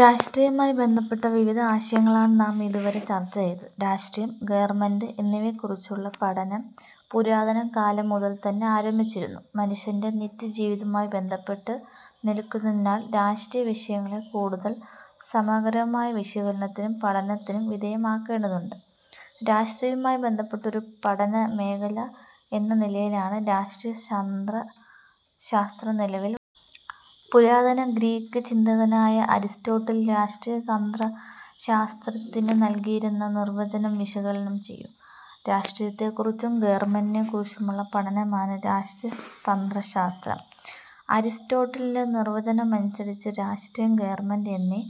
രാഷ്ട്രീയവുമായി ബന്ധപ്പെട്ട വിവിധ ആശയങ്ങളാണ് നാം ഇതുവരെ ചർച്ച ചെയ്തത്. രാഷ്ട്രീയം, ഗവൺമെന്റ് എന്നിവയെക്കുറിച്ചുള്ള പഠനം പുരാതന കാലം മുതൽതന്നെ ആരംഭിച്ചിരുന്നു. മനുഷ്യന്റെ നിത്യജീവിതവുമായി ബന്ധപ്പെട്ടു നിൽക്കുന്നതിനാൽ രാഷ്ട്രീയവിഷയങ്ങളെ കൂടുതൽ സമഗ്രമായ വിശകലനത്തിനും പഠനത്തിനും വിധേയമാക്കേണ്ടതുണ്ട്. രാഷ്ട്രീയവുമായി ബന്ധപ്പെട്ട ഒരു പഠനമേഖല എന്ന നിലയിലാണ് രാഷ്ട്രതന്ത്രശാസ്ത്രം നിലവിൽ പുരാതന ഗ്രീക്ക് ചിന്തകനായ അരിസ്റ്റോട്ടിൽ രാഷ്ട്രീയതന്ത്രശാസ്ത്രത്തിന് നൽകിയിരുന്ന നിർവചനം വിശകലനം ചെയ്യൂ. രാഷ്ട്രീയത്തെക്കുറിച്ചും ഗവൺമെന്റിനെക്കുറിച്ചുമുള്ള പഠനമാണ് രാഷ്ട്രതന്ത്രശാസ്ത്രം അരിസ്റ്റോട്ടിലിന്റെ നിർവചനമനുസരിച്ച് രാഷ്ട്രം, ഗവൺമെന്റ് എന്നീ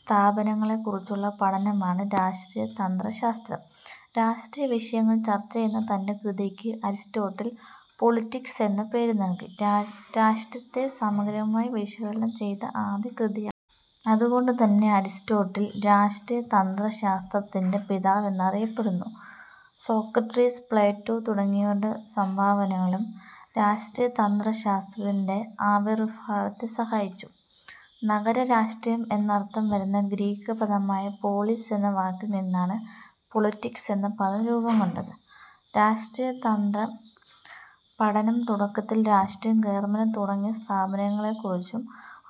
സ്ഥാപനങ്ങളെക്കുറിച്ചുള്ള പഠനമാണ് രാഷ്ട്രതന്ത്രശാസ്ത്രം. രാഷ്ട്രീയവിഷയങ്ങൾ ചർച്ചചെയ്യുന്ന തന്റെ കൃതിക്ക് അരിസ്റ്റോട്ടിൽ പൊളിറ്റിക്സ്' എന്ന പേരു നൽകി. രാഷ്ട്രത്തെ സമഗ്രമായി വിശകലനം ചെയ്ത ആദ്യകൃതി അതുകൊണ്ടുതന്നെ അരിസ്റ്റോട്ടിൽ രാഷ്ട്രീയതന്ത്രശാസ്ത്രത്തിന്റെ പിതാവ് എന്നറിയപ്പെടുന്നു. സോക്രട്ടീസ്, പ്ലേറ്റോ തുടങ്ങിയവരുടെ സംഭാവനകളും രാഷ്ട്രതന്ത്രശാസ്ത്രത്തിന്റെ ആവിർഭാവത്തെ സഹായിച്ചു. നഗരരാഷ്ട്രീയം എന്നർഥം വരുന്ന ഗ്രീക്ക് പദമായ പോളിസ് എന്ന വാക്കിൽനിന്നാണ് പൊളിറ്റിക്സ്' എന്ന പദം രൂപം കൊണ്ടത്. രാഷ്ട്രതന്ത്ര പഠനം തുടക്കത്തിൽ രാഷ്ട്രം, ഗവൺമെന്റ് തുടങ്ങിയ സ്ഥാപനങ്ങളെക്കുറിച്ചും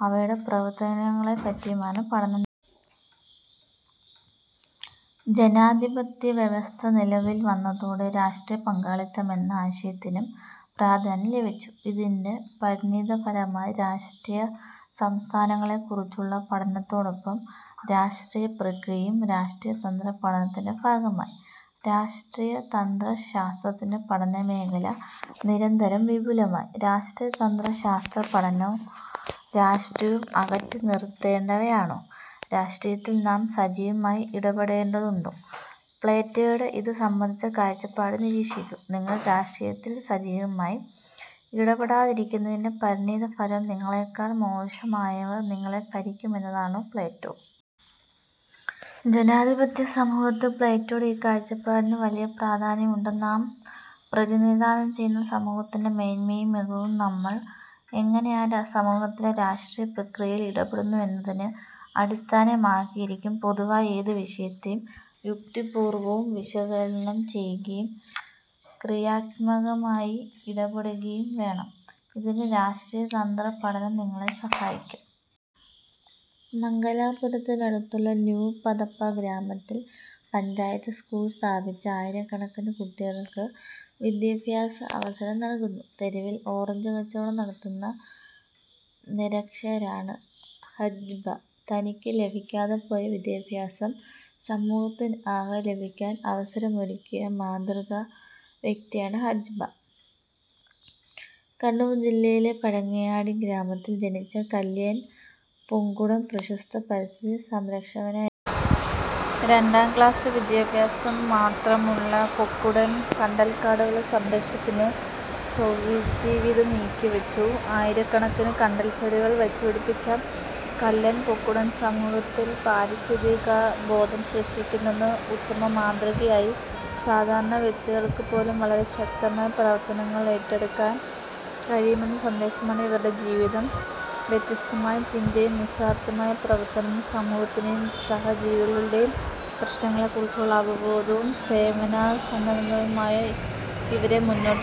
അവയുടെ പ്രവർത്തനങ്ങളെപ്പറ്റിയുമാണ് പഠനം ജനാധിപത്യ വ്യവസ്ഥ നിലവിൽവന്നതോടെ രാഷ്ട്രീയപങ്കാളിത്തം എന്ന ആശയത്തിനും പ്രാധാന്യം ലഭിച്ചു. ഇതിന്റെ പരിണതഫലമായി രാഷ്ട്രീയസംസ്ഥാനങ്ങളെക്കുറിച്ചുള്ള പഠനത്തോടൊപ്പം രാഷ്ട്രീയപ്രക്രിയയും രാഷ്ട്രതന്ത്രപഠനത്തിന്റെ ഭാഗമായി. രാഷ്ട്രീയ തന്ത്ര ശാസ്ത്രത്തിന്റെ പഠനമേഖല നിരന്തരം വിപുലമായി. രാഷ്ട്രതന്ത്രശാസ്ത്രപഠനവും രാഷ്ട്രീയവും അകറ്റിനിർത്തേണ്ടവയാണോ? രാഷ്ട്രീയത്തിൽ നാം സജീവമായി ഇടപെടേണ്ടതുണ്ടോ? പ്ലേറ്റോയുടെ ഇതു സംബന്ധിച്ച കാഴ്ചപ്പാട് നിരീക്ഷിക്കൂ. നിങ്ങൾ രാഷ്ട്രിയത്തിൽ സജീവമായി ഇടപെടാതിരിക്കുന്നതിന്റെ പരിണിത ഫലം നിങ്ങളേക്കാൾ മോശമായവർ നിങ്ങളെ ഭരിക്കും എന്നതാണ്-പ്ലേറ്റോ. ജനാധിപത്യസമൂഹത്തിൽ പ്ലേറ്റോയുടെ ഈ കാഴ്ചപ്പാടിന് വലിയപ്രാധാന്യമുണ്ട്. നാം പ്രതിനിധാനം ചെയ്യുന്ന സമൂഹത്തിന്റെ മേന്മയും മികവും നമ്മൾ എങ്ങനെ ആ സമൂഹത്തിലെ രാഷ്ട്രീയ പ്രക്രിയയിൽ ഇടപെടുന്നു എന്നതിനെ അടിസ്ഥാനമാക്കിയിരിക്കും. പൊതുവായ ഏതു വിഷയത്തെയും യുക്തിപൂർവം വിശകലനം ചെയ്യുകയും ക്രിയാത്മകമായി ഇടപെടുകയും വേണം. ഇതിന് രാഷ്ട്രീയതന്ത്രപഠനം നിങ്ങളെ സഹായിക്കും. മംഗലാപുരത്തിനടുത്തുള്ള ന്യൂ പദപ്പ ഗ്രാമത്തിൽ പഞ്ചായത്ത് സ്കൂൾ സ്ഥാപിച്ച് ആയിരക്കണക്കിന് കുട്ടികൾക്ക് വിദ്യാഭ്യാസഅവസരം നൽകുന്നു. തെരുവിൽ ഓറഞ്ച് കച്ചവടം നടത്തുന്ന നിരക്ഷരാണ് ഹജ്ബ്ബ. തനിക്ക് ലഭിക്കാതെപോയ വിദ്യാഭ്യാസം സമൂഹത്തിനാകെ ലഭിക്കാൻ അവസരമൊരുക്കിയ മാതൃകാ വ്യക്തിയാണ് ഹജ്ബ്ബ. കണ്ണൂർ ജില്ലയിലെ പയെങ്ങാടി ഗ്രാമത്തിൽ ജനിച്ച കല്ലേൻ പൊക്കുടൻ പ്രശസ്ത പരിസ്ഥിതി സംരക്ഷകനായിരുന്നു. രണ്ടാം ക്ലാസ് വിദ്യാഭ്യാസം മാത്രമുള്ള പൊക്കുടൻ കണ്ടൽക്കാടുകളുടെ സംരക്ഷണത്തിന് സ്വജീവിതം നീക്കിവച്ചു. ആയിരക്കണക്കിന് കണ്ടൽച്ചെടികൾ വച്ചുപിടിപ്പിച്ച കല്ലൻ പൊക്കുടൻ സമൂഹത്തിൽ പാരിസ്ഥിതികാവബോധം സൃഷ്ടിക്കുന്നതിന് ഉത്തമമാതൃകയായി. സാധാരണ വ്യക്തികൾക്കുപോലും വളരെ ശക്തമായ പ്രവർത്തനങ്ങൾ ഏറ്റെടുക്കാൻ കഴിയുമെന്ന സന്ദേശമാണ് ഇവരുടെ ജീവിതം. വ്യത്യസ്തമായ ചിന്തയും നിസ്വാർഥമായ പ്രവർത്തനവും സമൂഹത്തിന്റെയും സഹജീവികളുടെയും പ്രശ്നങ്ങളെക്കുറിച്ചുള്ള അവബോധവും സേവനസന്നദ്ധതയുമാണ് ഇവരെ മുന്നോട്ടു